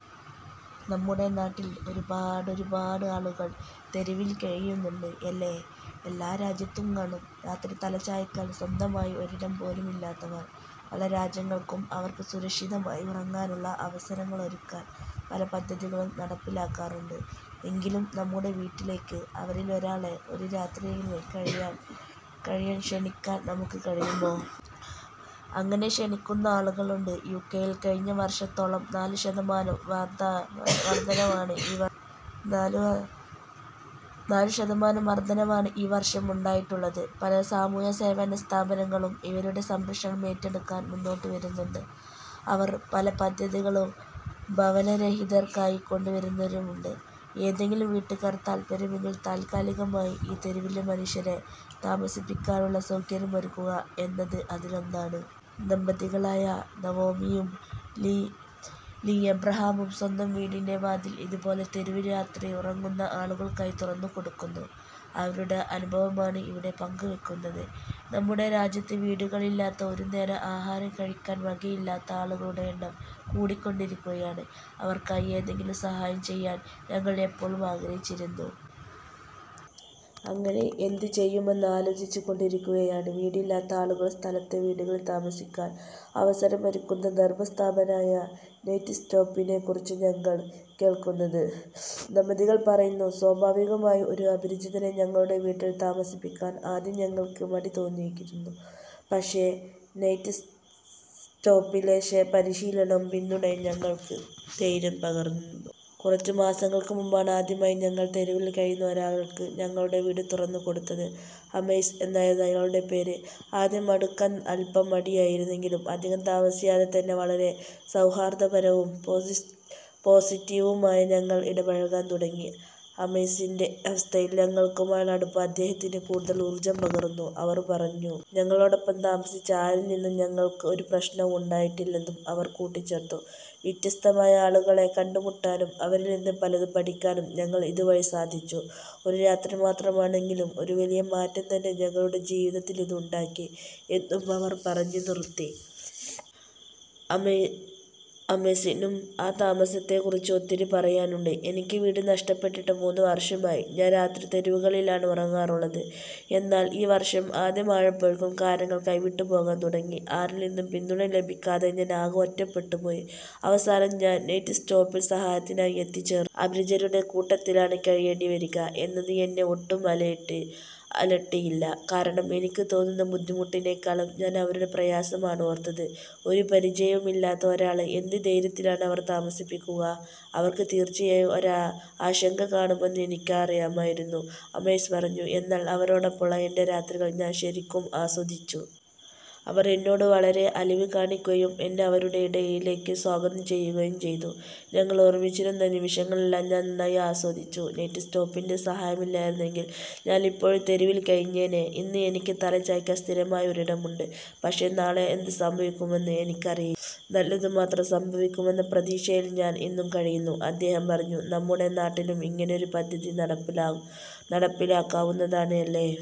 നമ്മുടെ നാട്ടില്‍ ഒരുപാടൊരുപാട് ആളുകള്‍ തെരുവില്‍ കഴിയുന്നുണ്ട് അല്ലേ? എല്ലാ രാജ്യത്തും കാണും രാത്രി തല ചായ്ക്കാന്‍ സ്വന്തമായി ഒരിടം പോലുമില്ലാത്തവർ. പല രാജ്യങ്ങളും അവര്‍ക്ക് സുരക്ഷിതമായി ഉറങ്ങാനുള്ള അവസരങ്ങളൊരുക്കാൻ പല പദ്ധതികളും നടപ്പിലാക്കാറുണ്ട്. എങ്കിലും, നമ്മുടെ വീട്ടിലേക്ക് അവരിലൊരാളെ ഒരു രാത്രിയെങ്കിലും കഴിയാന്‍ ക്ഷണിക്കാന്‍ നമുക്ക് കഴിയുമോ? അങ്ങനെ ക്ഷണിക്കുന്ന ആളുകളുണ്ട് യു.കെയില്‍. കഴിഞ്ഞ വർഷത്തെക്കാളും നാല് ശതമാനം വർദ്ധനവാണ് ഈ വർഷം ഉണ്ടായിട്ടുള്ളത്. പല സാമൂഹ്യ സേവന സ്ഥാപനങ്ങളും ഇവരുടെ സംരക്ഷണം ഏറ്റെടുക്കാൻ മുന്നോട്ടു വരുന്നുണ്ട്. അവർ പല പദ്ധതികളും ഭവനരഹിതർക്കായി കൊണ്ടുവരുന്നുമുണ്ട്. ഏതെങ്കിലും വീട്ടുകാർക്ക് താല്പര്യമെങ്കിൽ താൽക്കാലികമായി ഈ തെരുവിലെ മനുഷ്യരെ താമസിപ്പിക്കാനുള്ള സൗകര്യം ഒരുക്കുക എന്നത് അതിലൊന്നാണ്. ദമ്പതികളായ നവോമിയും, ലീ എബ്രഹാമും സ്വന്തം വീടിൻ്റെ വാതിൽ ഇതുപോലെ തെരുവിൽ രാത്രി ഉറങ്ങുന്ന ആളുകൾക്കായി തുറന്നു കൊടുക്കുന്നു. അവരുടെ അനുഭവമാണ് ഇവിടെ പങ്കുവെയ്ക്കുന്നത്. " നമ്മുടെ രാജ്യത്ത് വീടുകളിലാത്ത, ഒരുനേരം ആഹാരം കഴിക്കാൻ വകയില്ലാത്ത ആളുകളുടെ എണ്ണം കൂടിക്കൊണ്ടിരിക്കുകയാണ്. അവർക്കായി എന്തെങ്കിലും സഹായം ചെയ്യാൻ ഞങ്ങൾ എപ്പോഴും ആഗ്രഹിച്ചിരുന്നു. അങ്ങനെ എന്ത് ചെയ്യുമെന്ന് ആലോചിച്ചു കൊണ്ടിരിക്കേയാണ്, വീടില്ലാത്ത ആളുകള്‍ക്ക് സ്ഥലത്തെ വീടുകളിൽ താമസിക്കാൻ അവസരമൊരുക്കുന്ന ധർമ്മ സ്ഥാപനമായ നൈറ്റ്സ്റ്റോപ്പിനെ കുറിച്ച് ഞങ്ങൾ കേൾക്കുന്നത് " ദമ്പതികൾ പറയുന്നു. " സ്വാഭാവികമായും, ഒരു അപരിചിതനെ ഞങ്ങളുടെ വീട്ടിൽ താമസിപ്പിക്കാൻ ആദ്യം ഞങ്ങൾക്ക് മടിതോന്നിയിരുന്നു. പക്ഷേ, നൈറ്റ്സ്റ്റോപ്പിലെ പരിശീലനവും പിന്തുണയും ഞങ്ങൾക്ക് ധൈര്യം പകർന്നു. കുറച്ച് മാസങ്ങൾക്ക് മുമ്പാണ് ആദ്യമായി ഞങ്ങൾ തെരുവിൽ കഴിയുന്ന ഒരാൾക്ക് ഞങ്ങളുടെ വീട് തുറന്നു കൊടുത്തത്. ഹമെസ് എന്നായിരുന്നു ആയാളുടെ പേര്. ആദ്യം അടുക്കാൻ അല്പം മടിയായിരുന്നെങ്കിലും, അധികം താമസിയാതെത്തന്നെ വളരെ സൗഹാർദ്ദപരവും പോസിറ്റീവായുമായി ഞങ്ങൾ ഇടപഴകാൻ തുടങ്ങി. ഹമെസിൻ്റെ അവസ്ഥയിൽ ഞങ്ങളുമായുള്ള അടുപ്പം അദ്ദേഹത്തിന് കൂടുതൽ ഊർജ്ജം പകർന്നു " അവർ പറഞ്ഞു. ഞങ്ങളോടൊപ്പം താമസിച്ച ആരിൽനിന്നും ഞങ്ങൾക്ക് ഒരു പ്രശ്നവും ഉണ്ടായിട്ടില്ലെന്നും അവർ കൂട്ടിച്ചേർത്തു. " വ്യത്യസ്തമായ ആളുകളെ കണ്ടുമുട്ടാനും, അവരിൽനിന്ന് പലതും പഠിക്കാനും ഞങ്ങൾക്ക് ഇതുവഴി സാധിച്ചു. ഒരു രാത്രി മാത്രമാണെങ്കിലും, ഒരു വലിയ മാറ്റംതന്നെ ഞങ്ങളുടെ ജീവിത്തിൽ ഇത് ഉണ്ടാക്കി '' എന്നും അവർ പറഞ്ഞുനിർത്തി. ഹമെസിനും ആ താമസത്തെ കുറിച്ച് ഒത്തിരി പറയാനുണ്ട്. " എനിക്ക് വീട് നഷ്ടപ്പെട്ടിട്ട് മൂന്ന് വർഷമായി. ഞാൻ രാത്രി തെരുവുകളിലാണ് ഉറങ്ങാറുള്ളത്. എന്നാൽ, ഈ വർഷം ആദ്യമായപ്പോഴേക്കും കാര്യങ്ങൾ കൈവിട്ട് പോകാൻ തുടങ്ങി. ആരിൽനിന്നും പിന്തുണ ലഭിക്കാതെ ഞാൻ ആകെ ഒറ്റപ്പെട്ടു പോയി. അവസാനം ഞാൻ നൈറ്റ്സ്റ്റോപ്പിൽ സഹായത്തിനായി എത്തിച്ചേർന്നു. അപരിചിതരുടെ കൂട്ടത്തിലാണ് കഴിയേണ്ടിവരിക എന്നത് എന്നെ ഒട്ടും അലട്ടിയില്ല. കാരണം എനിക്ക് തോന്നുന്ന ബുദ്ധിമുട്ടിനേക്കാളും ഞാൻ അവരുടെ പ്രയാസമാണ് ഓർത്തത്. ഒരുപരിചയവും ഇല്ലാത്ത ഒരാളെ എന്ത് ധൈര്യത്തിലാണ് അവർ താമസിപ്പിക്കുക? അവർക്ക് തീർച്ചയായും ഒരാശങ്ക കാണുമെന്ന് എനിക്കറിയാമായിരുന്നു " ഹമെസ് പറഞ്ഞു. " എന്നാൽ, അവരോടൊപ്പമുള്ള എൻ്റെ രാത്രികൾ ഞാൻ ശരിക്കും ആസ്വദിച്ചു. അവർ എന്നോട് വളരെ അലിവ് കാണിക്കുകയും, എന്നെ അവരുടെ ഇടയിലേക്ക് സ്വാഗതം ചെയ്യുകയും ചെയ്തു. ഞങ്ങൾ ഒരുമിച്ചിരുന്ന നിമിഷങ്ങളെല്ലാം ഞാൻ നന്നായി ആസ്വദിച്ചു. നൈറ്റ്സ്റ്റോപ്പിൻ്റെ സഹായം ഇല്ലായിരുന്നെങ്കിൽ ഞാൻ ഇപ്പോഴും തെരുവിൽ കഴിഞ്ഞേന്നെ. ഇന്ന് എനിക്ക് തലചായ്ക്കാൻ സ്ഥിരമായ ഒരു ഇടമുണ്ട്. പക്ഷേ, നാളെ എന്തുസംഭവിക്കുമെന്ന് എനിക്കറിയില്ല. നല്ലതുമാത്രം സംഭവിക്കുമെന്ന പ്രതീക്ഷയിൽ ഞാൻ ഇന്നും കഴിയുന്നു " അദ്ദേഹം പറഞ്ഞു. നമ്മുടെ നാട്ടിലും ഇങ്ങനെയൊരു പദ്ധതി നടപ്പിലാക്കാവുന്നതാണ് അല്ലേ.